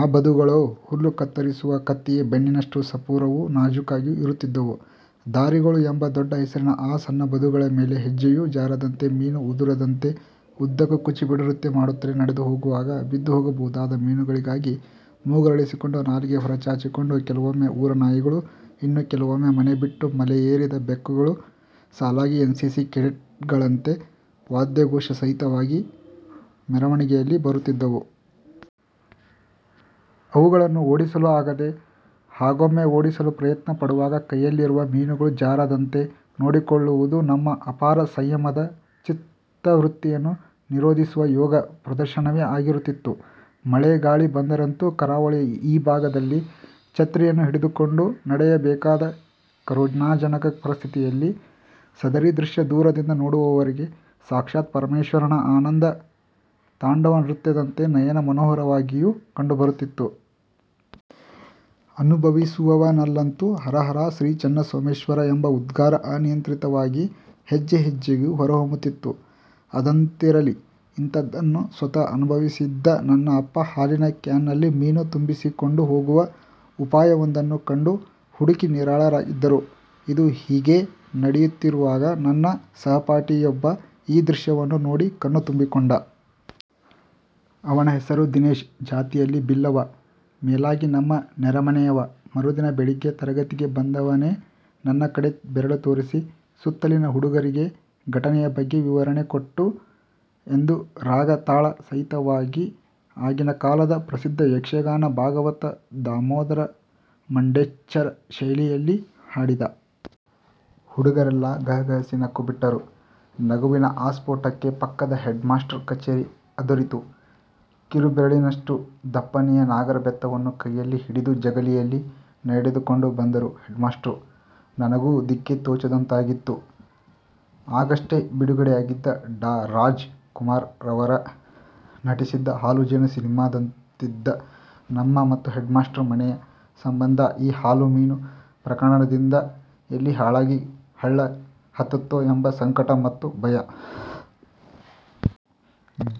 ಆ ಬದುಗಳೋ ಹುಲ್ಲು ಕತ್ತರಿಸುವ ಕತ್ತಿಯ ಬೆನ್ನಿನಷ್ಟು ಸಪೂರವೂ ನಾಜೂಕಾಗಿಯೂ ಇರುತ್ತಿದ್ದವು. ದಾರಿಗಳು ಎಂಬ ದೊಡ್ಡಹೆಸರಿನ ಆ ಸಣ್ಣಬದುಗಳ ಮೇಲೆ ಹೆಜ್ಜೆಯೂ ಜಾರದಂತೆ, ಮೀನೂ ಉದುರದಂತೆ ಉದ್ದಕ್ಕೂ ಕೂಚಿಪುಡಿ ನೃತ್ಯ ಮಾಡುತ್ತಲೇ ನಡೆದು ಹೋಗುವಾಗ; ಬಿದ್ದು ಹೋಗಬಹುದಾದ ಮೀನುಗಳಿಗಾಗಿ ಮೂಗರಳಿಸಿಕೊಂಡು ನಾಲಗೆ ಹೊರಚಾಚಿಕೊಂಡು ಕೆಲವೊಮ್ಮೆ ಊರನಾಯಿಗಳು, ಇನ್ನು ಕೆಲವೊಮ್ಮೆ ಮನೆಬಿಟ್ಟು ಮಲೆ ಏರಿದ ಬೆಕ್ಕುಗಳು ಸಾಲಾಗಿ ಎನ್ ಸಿ ಸಿ ಕೆಡೆಟ್ ಗಳಂತೆ ವಾದ್ಯಘೋಷ ಸಹಿತವಾಗಿ ಮೆರವಣಿಗೆಯಲ್ಲಿ ಬರುತ್ತಿದ್ದವು. ಅವುಗಳನ್ನು ಓಡಿಸಲೂ ಆಗದೆ, ಹಾಗೊಮ್ಮೆ ಓಡಿಸಲು ಪ್ರಯತ್ನ ಪಡುವಾಗ ಕೈಯಲ್ಲಿರುವ ಮೀನುಗಳೂ ಜಾರದಂತೆ ನೋಡಿಕೊಳ್ಳುವುದು ನಮ್ಮ ಅಪಾರ ಸಂಯಮದ, ಚಿತ್ತವೃತ್ತಿಯನ್ನು ನಿರೋಧಿಸುವ ಯೋಗ ಪ್ರದರ್ಶನವೇ ಆಗಿರುತ್ತಿತ್ತು. ಮಳೆ-ಗಾಳಿ ಬಂದರಂತೂ ಕರಾವಳಿಯ ಈ ಭಾಗದಲ್ಲಿ ಛತ್ರಿಯನ್ನೂ ಹಿಡಿದುಕೊಂಡು ನಡೆಯಬೇಕಾದ ಕರುಣಾಜನಕ ಪರಿಸ್ಥಿತಿಯಲ್ಲಿ ಸದರಿ ದೃಶ್ಯ ದೂರದಿಂದ ನೋಡುವವರಿಗೆ ಸಾಕ್ಷಾತ್ ಪರಮೇಶ್ವರನ ಆನಂದ ತಾಂಡವ ನೃತ್ಯದಂತೆ ನಯನಮನೋಹರವಾಗಿಯೂ ಕಂಡುಬರುತ್ತಿತ್ತು. ಅನುಭವಿಸುವವನಲ್ಲಂತೂ ಹರಹರಾ ಶ್ರೀ ಚೆನ್ನಸೋಮೇಶ್ವರ ಎಂಬ ಉದ್ಗಾರ ಅನಿಯಂತ್ರಿತವಾಗಿ ಹೆಜ್ಜೆಹೆಜ್ಜೆಗೂ ಹೊರಹೊಮ್ಮುತ್ತಿತ್ತು ಅದಂತಿರಲಿ. ಇಂಥದ್ದನ್ನು ಸ್ವತಃ ಅನುಭವಿಸಿದ್ದ ನನ್ನ ಅಪ್ಪ ಹಾಲಿನ ಕ್ಯಾನ್ ನಲ್ಲಿ ಮೀನು ತುಂಬಿಸಿಕೊಂಡು ಹೋಗುವ ಉಪಾಯವೊಂದನ್ನು ಕಂಡು ಹುಡುಕಿ ನಿರಾಳರಾಗಿದ್ದರು. ಇದು ಹೀಗೇ ನಡೆಯುತ್ತಿರುವಾಗ ನನ್ನ ಸಹಪಾಠಿಯೊಬ್ಬ ಈ ದೃಶ್ಯವನ್ನು ನೋಡಿ ಕಣ್ಣು ತುಂಬಿಕೊಂಡ. ಅವನ ಹೆಸರು ದಿನೇಶ. ಜಾತಿಯಲ್ಲಿ ಬಿಲ್ಲವ. ಮೇಲಾಗಿ ನಮ್ಮ ನೆರೆಮನೆಯವ. ಮರುದಿನ ಬೆಳಿಗ್ಗೆ ತರಗತಿಗೆ ಬಂದವನೇ ನನ್ನ ಕಡೆ ಬೆರಳು ತೋರಿಸಿ, ಸುತ್ತಲಿನ ಹುಡುಗರಿಗೆ ಘಟನೆಯ ಬಗ್ಗೆ ವಿವರಣೆ ಕೊಟ್ಟು- – ಎಂದು ರಾಗ ತಾಳ ಸಹಿತವಾಗಿ ಆಗಿನ ಕಾಲದ ಪ್ರಸಿದ್ಧ ಯಕ್ಷಗಾನ ಭಾಗವತ ದಾಮೋದರ ಮಂಡೆಚ್ಚರ ಶೈಲಿಯಲ್ಲಿ ಹಾಡಿದ. ಹುಡುಗರೆಲ್ಲ ಗಹಗಹಿಸಿ ನಕ್ಕುಬಿಟ್ಟರು. ನಗುವಿನ ಆಸ್ಫೋಟಕ್ಕೆ ಪಕ್ಕದ ಹೆಡ್ ಮಾಸ್ಟ್ರ ಕಛೇರಿ ಅದುರಿತು. ಕಿರುಬೆರಳಿನಷ್ಟು ದಪ್ಪನೆಯ ನಾಗರಬೆತ್ತವನ್ನು ಕೈಯಲ್ಲಿ ಹಿಡಿದು ಜಗಲಿಯಲ್ಲಿ ನಡೆದುಕೊಂಡು ಬಂದರು ಹೆಡ್ ಮಾಸ್ಟ್ರು. ನನಗೋ ದಿಕ್ಕೇ ತೋಚದಂತಾಗಿತ್ತು. ಆಗಷ್ಟೇ ಬಿಡುಗಡೆಯಾಗಿದ್ದ ಡಾ. ರಾಜ್ ಕುಮಾರ್ ರವರು ನಟಿಸಿದ್ದ ಹಾಲು-ಜೇನು ಸಿನಿಮಾದಂತಿದ್ದ ನಮ್ಮ ಮತ್ತು ಹೆಡ್ ಮಾಸ್ಟ್ರ ಮನೆಯ ಸಂಬಂಧ ಈ ಹಾಲು-ಮೀನು ಪ್ರಕರಣದಿಂದ ಎಲ್ಲಿ ಹಾಳಾಗಿ ಹಳ್ಳ ಹತ್ತುತ್ತೋ ಎಂಬ ಸಂಕಟ ಮತ್ತು ಭಯ.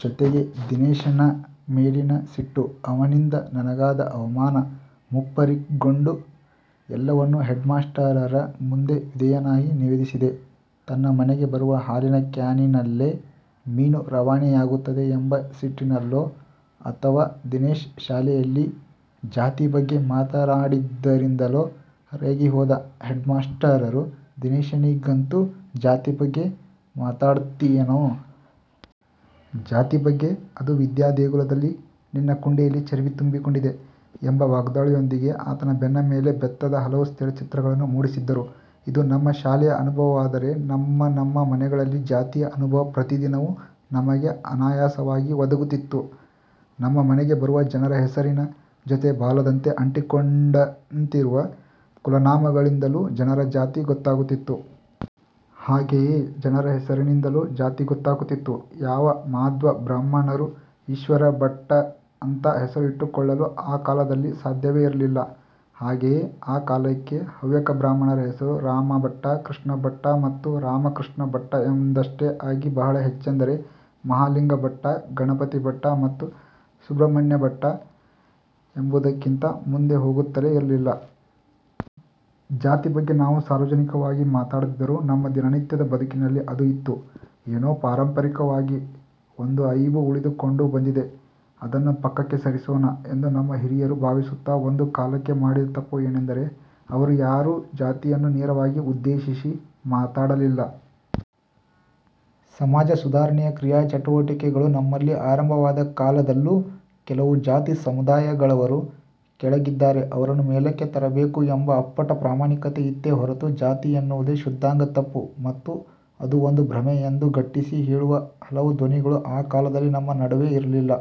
ಜೊತೆಗೆ ದಿನೇಶನ ಮೇಲಿನ ಸಿಟ್ಟು, ಅವನಿಂದ ನನಗಾದ ಅವಮಾನ ಮುಪ್ಪುರಿಗೊಂಡು ಎಲ್ಲವನ್ನೂ ಹೆಡ್ ಮಾಸ್ಟರರ ಮುಂದೆ ವಿಧೇಯನಾಗಿ ನಿವೇದಿಸಿದೆ. ತನ್ನ ಮನೆಗೆ ಬರುವ ಹಾಲಿನ ಕ್ಯಾನಿನಲ್ಲೇ ಮೀನೂ ರವಾನೆಯಾಗುತ್ತದೆ ಎಂಬ ಸಿಟ್ಟಿನಲ್ಲೋ ಅಥವ ದಿನೇಶ ಶಾಲೆಯಲ್ಲಿ ಜಾತಿ ಬಗ್ಗೆ ಮಾತಾಡಿದ್ದರಿಂದಲೋ ರೇಗಿ ಹೋದ ಹೆಡ್ ಮಾಸ್ಟರರು ದಿನೇಶನಿಗಂತೂ "ಜಾತಿ ಬಗ್ಗೆ ಮಾತಾಡ್ತಿಯೇನೋ. ಜಾತಿ ಬಗ್ಗೆ. ಅದೂ ವಿದ್ಯಾ ದೇಗುಲದಲ್ಲಿ. ನಿನ್ನ ಕುಂಡೆಯಲ್ಲಿ ಚರ್ಬಿ ತುಂಬಿಕೊಂಡಿದೆ" ಎಂಬ ವಾಗ್ದಾಳಿಯೊಂದಿಗೆ ಆತನ ಬೆನ್ನ ಮೇಲೆ ಬೆತ್ತದ ಹಲವು ಸ್ಥಿರ ಚಿತ್ರಗಳನ್ನು ಮೂಡಿಸಿದ್ದರು. ಇದು ನಮ್ಮ ಶಾಲೆಯ ಅನುಭವವಾದರೆ ನಮ್ಮನಮ್ಮ ಮನೆಗಳಲ್ಲಿ ಜಾತಿಯ ಅನುಭವ ಪ್ರತಿದಿನವೂ ನಮಗೆ ಅನಾಯಾಸವಾಗಿ ಒದಗುತ್ತಿತ್ತು. ನಮ್ಮ ಮನೆಗೆ ಬರುವ ಜನರ ಹೆಸರಿನ ಜೊತೆ ಬಾಲದಂತೆ ಅಂಟಿಕೊಂಡಂತಿರುವ ಕುಲನಾಮಗಳಿಂದಲೂ ಜನರ ಜಾತಿ ಗೊತ್ತಾಗುತ್ತಿತ್ತು. ಹಾಗೆಯೇ ಜನರ ಹೆಸರಿನಿಂದಲೂ ಜಾತಿ ಗೊತ್ತಾಗುತ್ತಿತ್ತು. ಯಾವ ಮಾಧ್ವ ಬ್ರಾಹ್ಮಣರೂ ಈಶ್ವರ ಭಟ್ಟ ಅಂತ ಹೆಸರು ಇಟ್ಟುಕೊಳ್ಳಲು ಆ ಕಾಲದಲ್ಲಿ ಸಾಧ್ಯವೇ ಇರಲಿಲ್ಲ. ಹಾಗೆಯೇ ಆ ಕಾಲಕ್ಕೆ ಹವ್ಯಕ ಬ್ರಾಹ್ಮಣರ ಹೆಸರು ರಾಮ ಭಟ್ಟ, ಕೃಷ್ಣ ಭಟ್ಟ ಮತ್ತು ರಾಮಕೃಷ್ಣ ಭಟ್ಟ ಎಂದಷ್ಟೇ ಆಗಿ ಬಹಳ ಹೆಚ್ಚೆಂದರೆ ಮಹಾಲಿಂಗ ಭಟ್ಟ, ಗಣಪತಿ ಭಟ್ಟ ಮತ್ತು ಸುಬ್ರಹ್ಮಣ್ಯ ಭಟ್ಟ ಎಂಬುದಕ್ಕಿಂತ ಮುಂದೆ ಹೋಗುತ್ತಲೇ ಇರಲಿಲ್ಲ. ಜಾತಿ ಬಗ್ಗೆ ನಾವು ಸಾರ್ವಜನಿಕವಾಗಿ ಮಾತಾಡದಿದ್ದರೂ ನಮ್ಮ ದಿನನಿತ್ಯದ ಬದುಕಿನಲ್ಲಿ ಅದು ಇತ್ತು. ಏನೋ ಪಾರಂಪರಿಕವಾಗಿ ಒಂದು ಐಬು ಉಳಿದುಕೊಂಡು ಬಂದಿದೆ. ಅದನ್ನು ಪಕ್ಕಕ್ಕೆ ಸರಿಸೋಣ ಎಂದು ನಮ್ಮ ಹಿರಿಯರು ಭಾವಿಸುತ್ತ ಒಂದು ಕಾಲಕ್ಕೆ ಮಾಡಿದ ತಪ್ಪು ಏನೆಂದರೆ ಅವರು ಯಾರೂ ಜಾತಿಯನ್ನು ನೇರವಾಗಿ ಉದ್ದೇಶಿಸಿ ಮಾತಾಡಲಿಲ್ಲ. ಸಮಾಜಸುಧಾರಣೆಯ ಕ್ರಿಯಾಚಟುವಟಿಕೆಗಳು ನಮ್ಮಲ್ಲಿ ಆರಂಭವಾದ ಕಾಲದಲ್ಲೂ, 'ಕೆಲವು ಜಾತಿ ಸಮುದಾಯಗಳವರು ಕೆಳಗಿದ್ದಾರೆ, ಅವರನ್ನು ಮೇಲಕ್ಕೆ ತರಬೇಕು' ಎಂಬ ಅಪ್ಪಟ ಪ್ರಾಮಾಣಿಕತೆ ಇತ್ತೇ ಹೊರತು, ಜಾತಿ ಎನ್ನುವುದೇ ಶುದ್ಧಾಂಗ ತಪ್ಪು ಮತ್ತು ಅದು ಒಂದು ಭ್ರಮೆ ಎಂದು ಗಟ್ಟಿಸಿ ಹೇಳುವ ಹಲವು ಧ್ವನಿಗಳು ಆ ಕಾಲದಲ್ಲಿ ನಮ್ಮ ನಡುವೆ ಇರಲಿಲ್ಲ.